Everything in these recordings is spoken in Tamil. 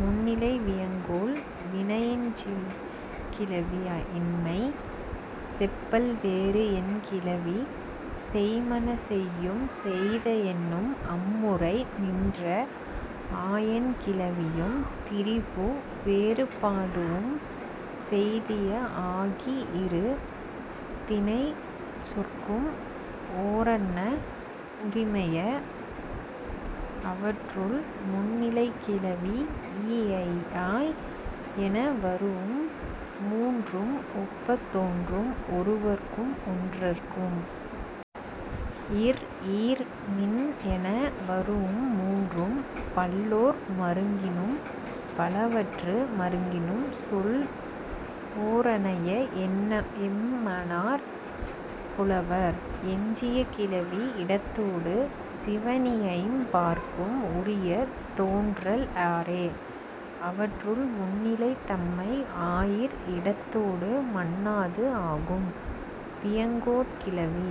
முன்னிலை வியங்கோள் வினையெஞ்சுகிளவி இன்மை செப்பல் வேறு என் கிளவி செய்ம்மன செய்யும் செய்த என்னும் அம் முறை நின்ற ஆயெண் கிளவியும் திரிபு வேறுபடூஉம் செய்திய ஆகி இரு திணைச் சொற்கும் ஓரன்ன உரிமைய. அவற்றுள், முன்னிலைக் கிளவி இ ஐ ஆய் என வரூஉம் மூன்றும் ஒப்பத் தோன்றும் ஒருவர்க்கும் ஒன்றற்கும். இர் ஈர் மின் என வரூஉம் மூன்றும் பல்லோர் மருங்கினும் பலவற்று மருங்கினும் சொல் ஓரனைய என்மனார் புலவர். எஞ்சிய கிளவி இடத்தொடு சிவணி ஐம் பாற்கும் உரிய தோன்றல் ஆறே. அவற்றுள், முன்னிலை தன்மை ஆயீர் இடத்தொடு மன்னாது ஆகும் வியங்கோட் கிளவி.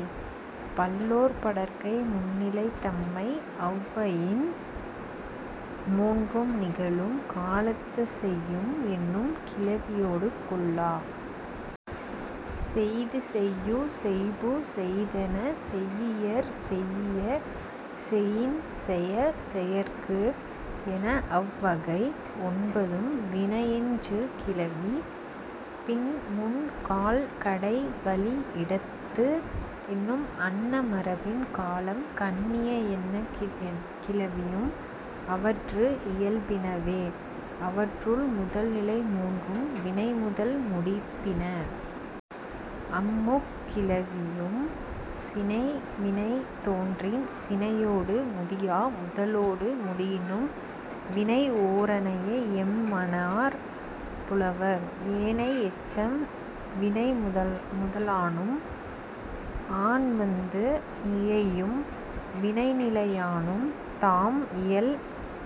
பல்லோர் படர்க்கை முன்னிலை தன்மை அவ் வயின் மூன்றும் நிகழும் காலத்துச் செய்யும் என்னும் கிளவியொடு கொள்ளா. செய்து செய்யூ செய்பு செய்தென செய்யியர் செய்யிய செயின் செய செயற்கு என அவ் வகை ஒன்பதும் வினையெஞ்சுகிளவி. பின் முன் கால் கடை வழி இடத்து என்னும் அன்ன மரபின் காலம் கண்ணிய என்ன கிளவியும் அவற்று இயல்பினவே. அவற்றுள், முதல் நிலை மூன்றும் வினைமுதல் முடிபின. அம் முக் கிளவியும் சினை வினை தோன்றின் சினையொடு முடியா முதலொடு முடியினும் வினை ஓரனைய என்மனார் புலவர். ஏனை எச்சம் வினைமுதலானும் ஆன் வந்து இயையும் வினைநிலையானும் தாம் இயல்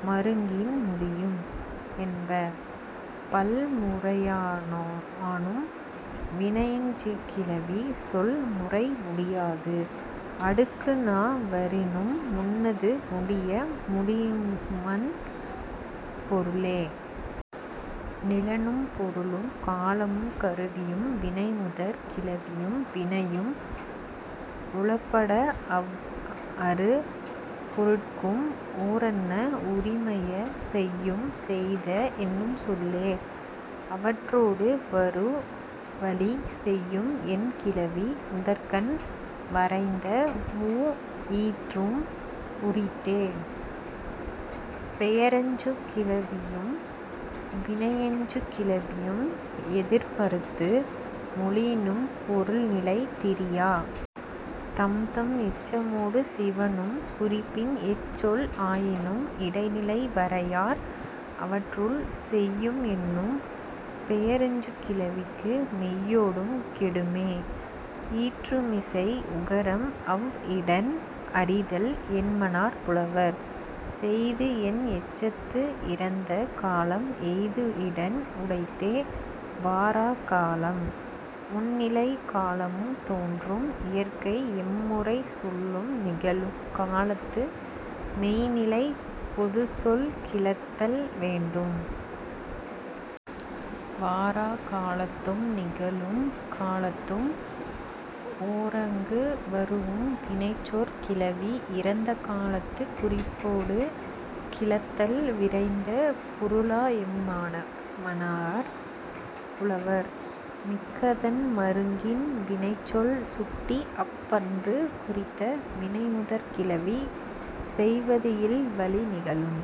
மருங்கின் முடியும் என்ப. பல் முறையானும் வினையெஞ்சுகிளவி சொல் முறை முடியாது அடுக்குந வரினும் முன்னது முடிய முடியுமன் பொருளே. நிலனும் பொருளும் காலமும் கருவியும் வினைமுதற் கிளவியும் வினையும் உளப்பட அவ் அறு பொருட்கும் ஓரன்ன உரிமைய செய்யும் செய்த என்னும் சொல்லே. அவற்றொடு வரு வழி செய்யும் என் கிளவி முதற்கண் வரைந்த மூ ஈற்றும் உரித்தே. பெயரெஞ்சுகிளவியும் வினையெஞ்சுகிளவியும் எதிர் மறுத்து மொழியினும் பொருள் நிலை திரியா. தம்தம் எச்சமொடு சிவணும் குறிப்பின் எச் சொல் ஆயினும் இடைநிலை வரையார். அவற்றுள், செய்யும் என்னும் பெயரெஞ்சுகிளவிக்கு மெய்யொடும் கெடுமே ஈற்றுமிசை உகரம் அவ் இடன் அறிதல் என்மனார் புலவர். செய்து என் எச்சத்து இறந்த காலம் எய்து இடன் உடைத்தே வாராக் காலம். முந் நிலைக் காலமும் தோன்றும் இயற்கை எம் முறைச் சொல்லும் நிகழும் காலத்து மெய்ந் நிலைப் பொதுச் சொல் கிளத்தல் வேண்டும். வாராக் காலத்தும் நிகழும் காலத்தும் ஓரங்கு வரூஉம் வினைச்சொற் கிளவி இறந்த காலத்துக் குறிப்பொடு கிளத்தல் விரைந்த பொருள என்மனார் புலவர். மிக்கதன் மருங்கின் வினைச்சொல் சுட்டி அப் பண்பு குறித்த வினைமுதற் கிளவி செய்வது இல் வழி நிகழும்